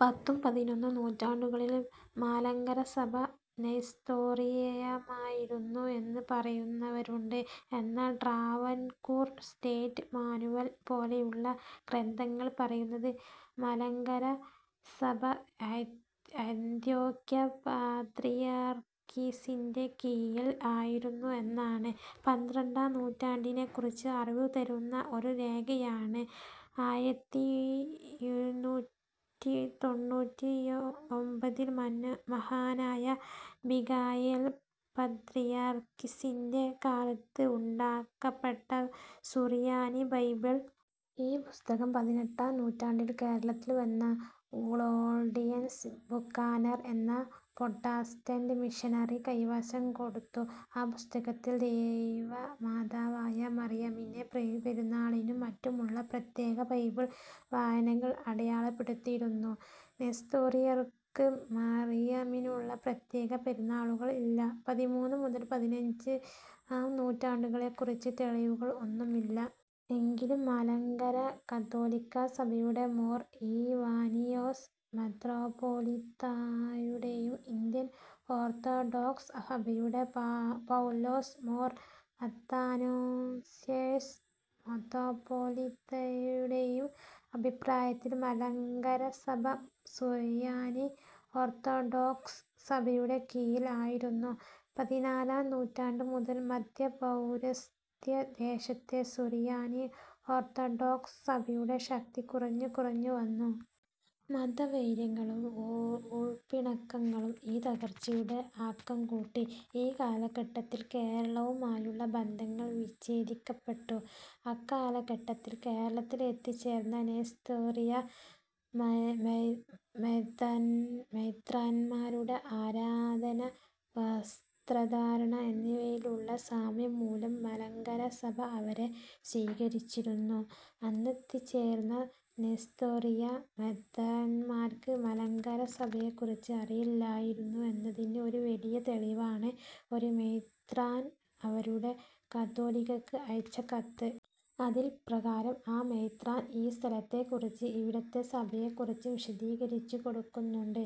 പത്തും പതിനൊന്നും നൂറ്റാണ്ടുകളിൽ മലങ്കര സഭ നെസ്തോറിയമായിരുന്നു എന്ന് പറയുന്നവരുണ്ട്. എന്നാൽ ട്രാവൻകൂർ സ്റ്റേറ്റ് മാനുവൽ പോലെയുള്ള ഗ്രന്ഥങ്ങൾ പറയുന്നത് മലങ്കര സഭ അന്ത്യോക്യ പാത്രിയാർക്കീസിൻ്റെ കീഴിൽ ആയിരുന്നു എന്നാണ്. പന്ത്രണ്ടാം നൂറ്റാണ്ടിനേക്കുറിച്ച് അറിവ് തരുന്ന ഒരു രേഖയാണ് ആയിരത്തിയൊരുനൂറ്റിത്തൊണ്ണൂറ്റിയൊൻപതിൽ മഹാനായ മിഖായേൽ പാത്രിയാർക്കിസിൻ്റെ കാലത്ത് ഉണ്ടാക്കപ്പെട്ട സുറിയാനി ബൈബിൾ. ഈ പുസ്തകം പതിനെട്ടാം നൂറ്റാണ്ടിൽ കേരളത്തിൽ വന്ന ക്ലോഡിയസ് ബുക്കാനൻ എന്ന പ്രൊട്ടസ്റ്റൻ്റ് മിഷനറി കൈവശം കൊടുത്തു. ആ പുസ്തകത്തിൽ ദൈവമാതാവായ മറിയമിൻ്റെ പെരുന്നാളിനും മറ്റുമുള്ള പ്രത്യേക ബൈബിൾ വായനകൾ അടയാളപ്പെടുത്തിയിരുന്നു. നെസ്തോറിയർക്ക് മറിയമിനുള്ള പ്രത്യേക പെരുന്നാളുകൾ ഇല്ല. പതിമൂന്ന് മുതൽ പതിനഞ്ചാം നൂറ്റാണ്ടുകളെക്കുറിച്ച് തെളിവുകൾ ഒന്നും ഇല്ല. എങ്കിലും മലങ്കര കത്തോലിക്ക സഭയുടെ മോർ ഈവാനിയോസ് മെത്രാപ്പൊലീത്തായുടേയും ഇന്ത്യൻ ഓർത്തഡോക്സ് സഭയുടെ പൗലോസ് മോർ അത്തനാസ്യോസ് മെത്രാപ്പൊലീത്തായുടേയും അഭിപ്രായത്തിൽ മലങ്കര സഭ സുറിയാനി ഓർത്തഡോക്സ് സഭയുടെ കീഴിൽ ആയിരുന്നു. പതിനാലാം നൂറ്റാണ്ട് മുതൽ, മദ്ധ്യപൗരസ്ത്യദേശത്തെ സുറിയാനി ഓർത്തഡോക്സ് സഭയുടെ ശക്തി കുറഞ്ഞു കുറഞ്ഞു വന്നു. മതവൈരങ്ങളും ഉൾപ്പിണക്കങ്ങളും ഈ തകർച്ചയുടെ ആക്കം കൂട്ടി. ഈ കാലഘട്ടത്തിൽ കേരളവുമായുള്ള ബന്ധങ്ങൾ വിഛേദിക്കപ്പെട്ടു. അക്കാലഘട്ടത്തിൽ കേരളത്തിൽ എത്തിച്ചേർന്ന നെസ്തോറിയ മെത്രാന്മാരുടെ ആരാധനാ വസ്ത്രധാരണ എന്നിവയിലുള്ള സാമ്യം മൂലം മലങ്കര സഭ അവരെ സ്വീകരിച്ചിരുന്നു. അന്നെത്തിച്ചേർന്ന നെസ്തോറിയ മെത്രാന്മാർക്ക് മലങ്കര സഭയെക്കുറിച്ച് അറിയില്ലായിരുന്നു എന്നതിന് ഒരു വലിയ തെളിവാണ് ഒരു മെത്രാൻ അവരുടെ കാതോലിക്കക്ക് അയച്ച കത്ത്. അതിൻപ്രകാരം ആ മെത്രാൻ ഈ സ്ഥലത്തേക്കുറിച്ചും ഇവിടത്തെ സഭയെക്കുറിച്ചും വിശദീകരിച്ചു കൊടുക്കുന്നുണ്ട്.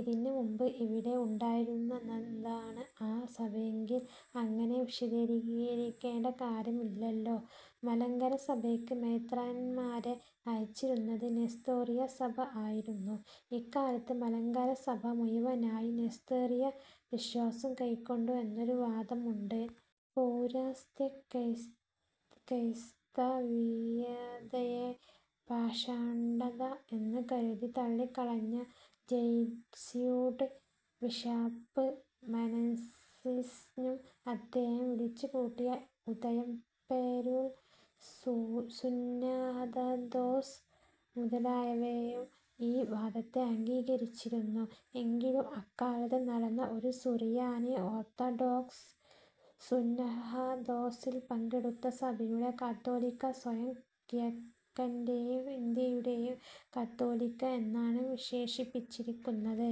ഇതിന് മുൻപ് ഇവിടെ ഉണ്ടായിരുന്നതാണ് ആ സഭയെങ്കിൽ അങ്ങനെ വിശദീകരിക്കേണ്ട കാര്യം ഇല്ലല്ലൊ. മലങ്കര സഭക്ക് മെത്രാന്മാരെ അയച്ചിരുന്നത് നെസ്തോറിയ സഭ ആയിരുന്നു. ഇക്കാലത്ത് മലങ്കര സഭ മുഴുവനായും നെസ്തോറിയ വിശ്വാസം കൈക്കൊണ്ടു എന്നൊരു വാദം ഉണ്ട്. പൌരസ്ത്യ ക്രൈസ്തവീയതയെ പാഷാണ്ഡത എന്ന് കരുതി തള്ളിക്കളഞ്ഞ ജെസ്യൂട്ട് ബിഷപ്പ് മെനസിസ്നും അദ്ദേഹം വിളിച്ചുകൂട്ടിയ ഉദയംപേരൂർ സുന്നഹദോസ് മുതലായവയും ഈ വാദത്തെ അംഗീകരിച്ചിരുന്നു. എകിലും അക്കാലത്ത് നടന്ന ഒരു സുറിയാനി ഓർത്തഡോക്സ് സുന്നഹദോസിൽ പങ്കെടുത്ത സഭയുടെ കാതോലിക്ക സ്വയം "കിഴക്കൻ്റെയും ഇന്ത്യയുടെയും കത്തോലിക്ക" എന്നാണ് വിശേഷിപ്പിച്ചിരിക്കുന്നത്.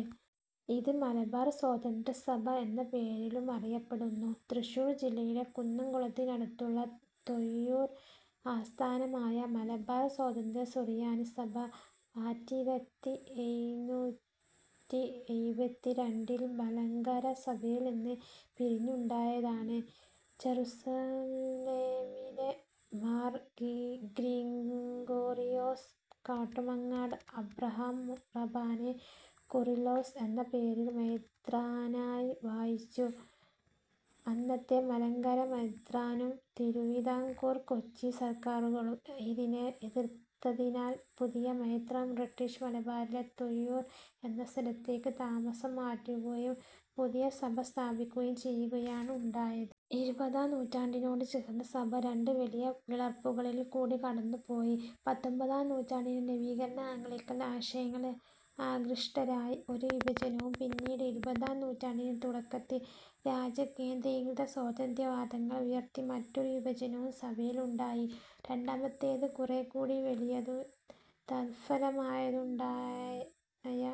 ഇത് മലബാർ സ്വതന്ത്ര സഭ എന്ന പേരിലുമറിയപ്പെടുന്നു. തൃശ്ശൂർ ജില്ലയിലെ കുന്നം കുളത്തിനടുത്തുള്ള തൊഴിയൂർ ആസ്ഥാനമായ മലബാർ സ്വതന്ത്ര സുറിയാനി സഭ ആറ്റിരത്തിഎഴുന്നൂറ്റിഎഴുപത്തിരണ്ടിൽ മലങ്കര സഭയിൽ നിന്ന് പിരിഞ്ഞുണ്ടായതാണ്. ജറുസലേമിലെ മാർ ഗ്രിഗോറിയോസ് കാട്ടുമങ്ങാട്ട് അബ്രഹാം റമ്പാനെ കൂറിലോസ് എന്ന പേരിൽ മെത്രാനായി വാഴിച്ചു. അന്നത്തെ മലങ്കര മെത്രാനും തിരുവിതാംകൂർ, കൊച്ചി സർക്കാരുകളും ഇതിനെ എതിർത്തതിനാൽ പുതിയ മെത്രാൻ ബ്രിട്ടീഷ് മലബാറിലെ തൊഴിയൂർ എന്ന സ്ഥലത്തേക്ക് താമസം മാറ്റുകയും പുതിയ സഭ സ്ഥാപിക്കുകയും ചെയ്യുകയാണ് ഉണ്ടായത്. ഇരുപതാം നൂറ്റാണ്ടിനോട് ചേർന്ന് സഭ രണ്ട് വലിയ പിളർപ്പുകളിൽ കൂടി കടന്ന് പോയി. പത്തൊൻപതാം നൂറ്റാണ്ടിൽ നവീകരണ ആംഗ്ലിക്കൻ ആശയങ്ങളിൽ ആകൃഷ്ടരായി ഒരു വിഭജനവും പിന്നീട് ഇരുപതാം നൂറ്റാണ്ടിൻ്റെ തുടക്കത്തിൽ രാജ്യകേന്ദ്രീകൃത സ്വാതന്ത്ര്യ വാദങ്ങൾ ഉയർത്തി മറ്റൊരു വിഭജനവും സഭയിൽ ഉണ്ടായി. രണ്ടാമത്തേത് കൂറെക്കൂടി വലിയതും തത്ഫലമായുണ്ടായ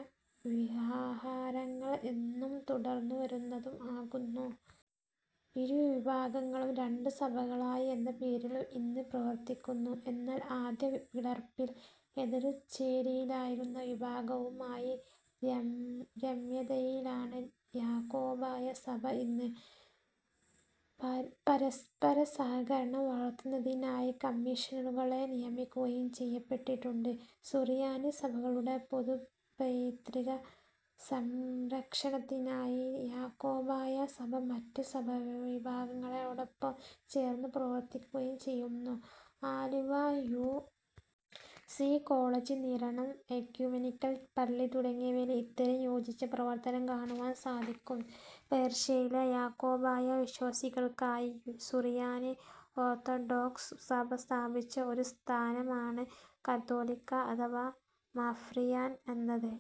വ്യവഹാരങ്ങൾ ഇന്നും തുടർന്നു വരുന്നതും ആകുന്നു. ഇരുവിഭാഗങ്ങളും രണ്ട് സഭകളായി എന്ന പേരിലും ഇന്ന് പ്രവർത്തിക്കുന്നു. എന്നാൽ ആദ്യ പിളർപ്പിൽ എതിർചേരിയിലായിരുന്ന വിഭാഗവുമായി രമ്യതയിലാണ് യാക്കോബായ സഭ ഇന്ന്. പരസ്പരസഹകരണം വളർത്തുന്നതിനായി കമ്മീഷനുകളെ നിയമിക്കുകയും ചെയ്യപ്പെട്ടിട്ടുണ്ട്. സുറിയാനി സഭകളുടെ പൊതുപൈതൃക സംരക്ഷണത്തിനായി യാക്കോബായ സഭ മറ്റ് സഭാവിഭാഗങ്ങളോടൊപ്പം ചേർന്ന് പ്രവർത്തിക്കുകയും ചെയ്യുന്നു. Aluva U. C. College, Niranam ecumenical പള്ളി തുടങ്ങിയവയിൽ ഇത്തരം യോജിച്ച പ്രവർത്തനം കാണുവാൻ സാധിക്കും. പേർഷ്യയിലെ യാക്കോബായ വിശ്വാസികൾക്കായി സുറിയാനി ഓർത്തഡോക്സ് സഭ സ്ഥാപിച്ച ഒരു സ്ഥാനമാണ് കാതോലിക്ക അഥവാ മഫ്രിയാൻ എന്നത്.